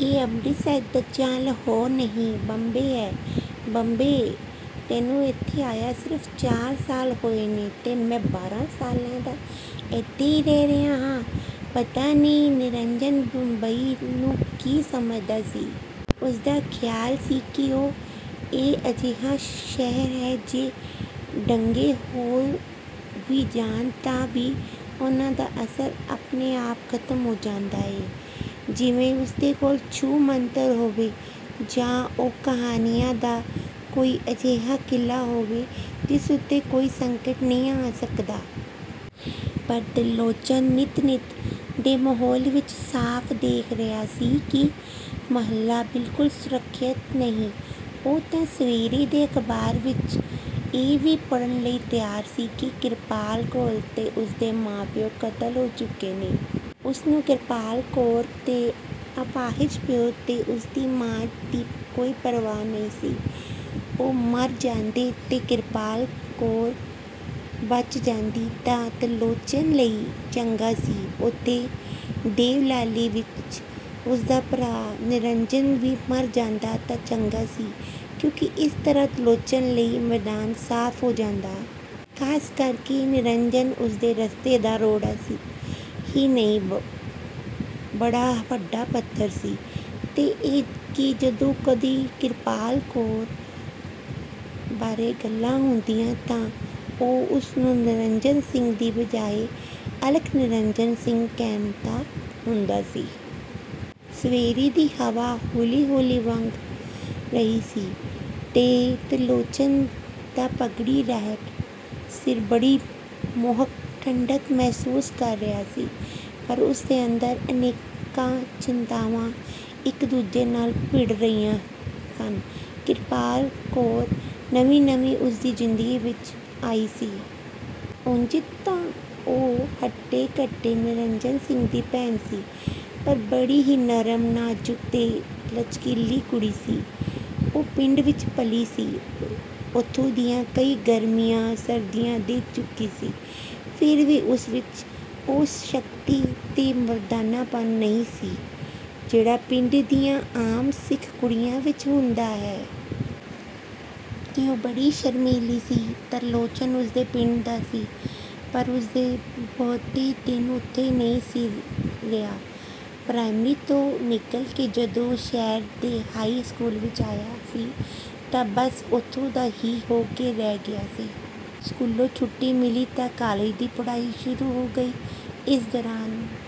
ਇਹ ਅੰਮ੍ਰਿਤਸਰ ਜਾਂ ਲਾਹੌਰ ਨਹੀਂ, ਬੰਬੇ ਐ, ਬੰਬੇ! ਤੈਨੂੰ ਇੱਥੇ ਆਇਆਂ ਸਿਰਫ਼ ਚਾਰ ਸਾਲ ਹੋਏ ਨੇ ਤੇ ਮੈਂ ਬਾਰ੍ਹਾਂ ਸਾਲਾਂ ਦਾ ਇੱਥੇ ਈ ਰਹਿ ਰਿਹਾਂ ਹਾਂ। 'ਪਤਾ ਨਹੀਂ ਨਿਰੰਜਨ ਬੰਬਈ ਨੂੰ ਕੀ ਸਮਝਦਾ ਸੀ। ਉਸਦਾ ਖਿਆਲ ਸੀ ਕਿ ਓਹ ਇਹ ਅਜਿਹਾ ਸ਼ਹਿਰ ਹੈ ਜੇ ਦੰਗੇ ਹੋ ਵੀ ਜਾਣ ਤਾਂ ਵੀ ਉਹਨਾਂ ਦਾ ਅਸਰ ਆਪਣੇ-ਆਪ ਖਤਮ ਹੋ ਜਾਂਦਾ ਏ, ਜਿਵੇਂ ਉਸ ਦੇ ਕੋਲ ਛੂ ਮੰਤਰ ਹੋਵੇ, ਜਾਂ ਉਹ ਕਹਾਣੀਆਂ ਦਾ ਕੋਈ ਅਜਿਹਾ ਕਿਲਾ ਹੋਵੇ, ਜਿਸ ਉੱਤੇ ਕੋਈ ਸੰਕਟ ਨਹੀਂ ਆ ਸਕਦਾ। ਪਰ ਤਿਰਲੋਚਨ ਨਿੱਤ-ਨਿੱਤ ਦੇ ਮਾਹੌਲ ਵਿਚ ਸਾਫ਼ ਦੇਖ ਰਿਹਾ ਸੀ ਕਿ ਮੁਹੱਲਾ ਬਿਲਕੁਲ ਸੁਰੱਖਿਅਤ ਨਹੀਂ। ਉਹ ਤਾਂ ਸਵੇਰ ਦੇ ਅਖ਼ਬਾਰ ਵਿਚ ਇਹ ਵੀ ਪੜ੍ਹਨ ਲਈ ਤਿਆਰ ਸੀ ਕਿ ਕਿਰਪਾਲ ਕੌਰ ਤੇ ਉਸਦੇ ਮਾਂ-ਪਿਉ ਕਤਲ ਹੋ ਚੁੱਕੇ ਨੇ। ਉਸਨੂੰ ਕਿਰਪਾਲ ਕੌਰ ਦੇ ਅਪਾਹਜ ਪਿਉ ਤੇ ਉਸਦੀ ਮਾਂ ਦੀ ਕੋਈ ਪ੍ਰਵਾਹ ਨਹੀਂ ਸੀ। ਉਹ ਮਰ ਜਾਂਦੇ ਤੇ ਕਿਰਪਾਲ ਕੌਰ ਬਚ ਜਾਂਦੀ ਤਾਂ ਤਿਰਲੋਚਨ ਲਈ ਚੰਗਾ ਸੀ। ਉੱਥੇ ਦੇਵਲਾਲੀ ਵਿਚ ਉਸਦਾ ਭਰਾ ਨਿਰੰਜਨ ਵੀ ਮਰ ਜਾਂਦਾ ਤਾਂ ਚੰਗਾ ਸੀ, ਕਿਉਂਕਿ ਇਸ ਤਰ੍ਹਾਂ ਤਿਰਲੋਚਨ ਲਈ ਮੈਦਾਨ ਸਾਫ਼ ਹੋ ਜਾਂਦਾ। ਖਾਸ ਕਰਕੇ ਨਿਰੰਜਨ ਉਸਦੇ ਰਸਤੇ ਦਾ ਰੋੜਾ ਹੀ ਨਹੀਂ, ਬੜਾ ਵੱਡਾ ਪੱਥਰ ਸੀ। ਤੇ ਇਹ ਕਿ ਜਦੋਂ ਕਦੀ ਕਿਰਪਾਲ ਕੌਰ ਬਾਰੇ ਗੱਲਾਂ ਹੁੰਦੀਆਂ ਤਾਂ ਉਹ ਉਸਨੂੰ ਨਿਰੰਜਨ ਸਿੰਘ ਦੀ ਬਜਾਏ ਅਲਖ ਨਿਰੰਜਨ ਸਿੰਘ ਕਹਿੰਦਾ ਹੁੰਦਾ ਸੀ। ਸਵੇਰ ਦੀ ਹਵਾ ਹੌਲੀ-ਹੌਲੀ ਵਗ ਰਹੀ ਸੀ ਤੇ ਤਿਰਲੋਚਨ ਦਾ ਪੱਗੜੀ ਰਹਿਤ ਸਿਰ ਬੜੀ ਮੋਹਕ ਠੰਢਕ ਮਹਿਸੂਸ ਕਰ ਰਿਹਾ ਸੀ। ਪਰ ਉਸ ਦੇ ਅੰਦਰ ਅਨੇਕਾਂ ਚਿੰਤਾਵਾਂ ਇਕ ਦੂਜੇ ਨਾਲ ਭਿੜ ਰਹੀਆਂ ਸਨ। ਕਿਰਪਾਲ ਕੌਰ ਨਵੀਂ-ਨਵੀਂ ਉਸਦੀ ਜ਼ਿੰਦਗੀ ਵਿਚ ਆਈ ਸੀ। ਉਂਜ ਤਾਂ ਉਹ ਹੱਟੇ-ਕੱਟੇ ਨਿਰੰਜਨ ਸਿੰਘ ਦੀ ਭੈਣ ਸੀ, ਪਰ ਬੜੀ ਹੀ ਨਰਮ, ਨਾਜ਼ੁਕ ਤੇ ਲਚਕੀਲੀ ਕੁੜੀ ਸੀ। ਉਹ ਪਿੰਡ ਵਿਚ ਪਲੀ ਸੀ। ਉੱਥੋਂ ਦੀਆਂ ਕਈ ਗਰਮੀਆਂ-ਸਰਦੀਆਂ ਦੇਖ ਚੁੱਕੀ ਸੀ, ਫੇਰ ਵੀ ਉਸ ਵਿਚ ਉਹ ਸਖਤੀ ਤੇ ਮਰਦਾਨਾਪਨ ਨਹੀਂ ਸੀ, ਜਿਹੜਾ ਪਿੰਡ ਦੀਆਂ ਆਮ ਸਿੱਖ ਕੁੜੀਆਂ ਵਿਚ ਹੁੰਦਾ ਹੈ। ਤੇ ਉਹ ਬੜੀ ਸ਼ਰਮੀਲੀ ਸੀ। ਤਿਰਲੋਚਨ ਉਸਦੇ ਪਿੰਡ ਦਾ ਸੀ, ਪਰ ਉਹ ਬਹੁਤੇ ਦਿਨ ਉੱਥੇ ਨਹੀਂ ਸੀ ਰਿਹਾ। ਪ੍ਰਾਇਮਰੀ 'ਚੋਂ ਨਿਕਲ ਕੇ ਜਦੋਂ ਉਹ ਸ਼ਹਿਰ ਦੇ ਹਾਈ ਸਕੂਲ ਵਿਚ ਗਿਆ ਸੀ ਤਾਂ ਬੱਸ, ਉੱਥੋਂ ਦਾ ਹੀ ਹੋ ਕੇ ਰਹਿ ਗਿਆ ਸੀ। ਸਕੂਲੋਂ ਛੁੱਟੀ ਮਿਲੀ ਤਾਂ ਕਾਲਜ ਦੀ ਪੜ੍ਹਾਈ ਸ਼ੁਰੂ ਹੋ ਗਈ। ਇਸ ਦੌਰਾਨ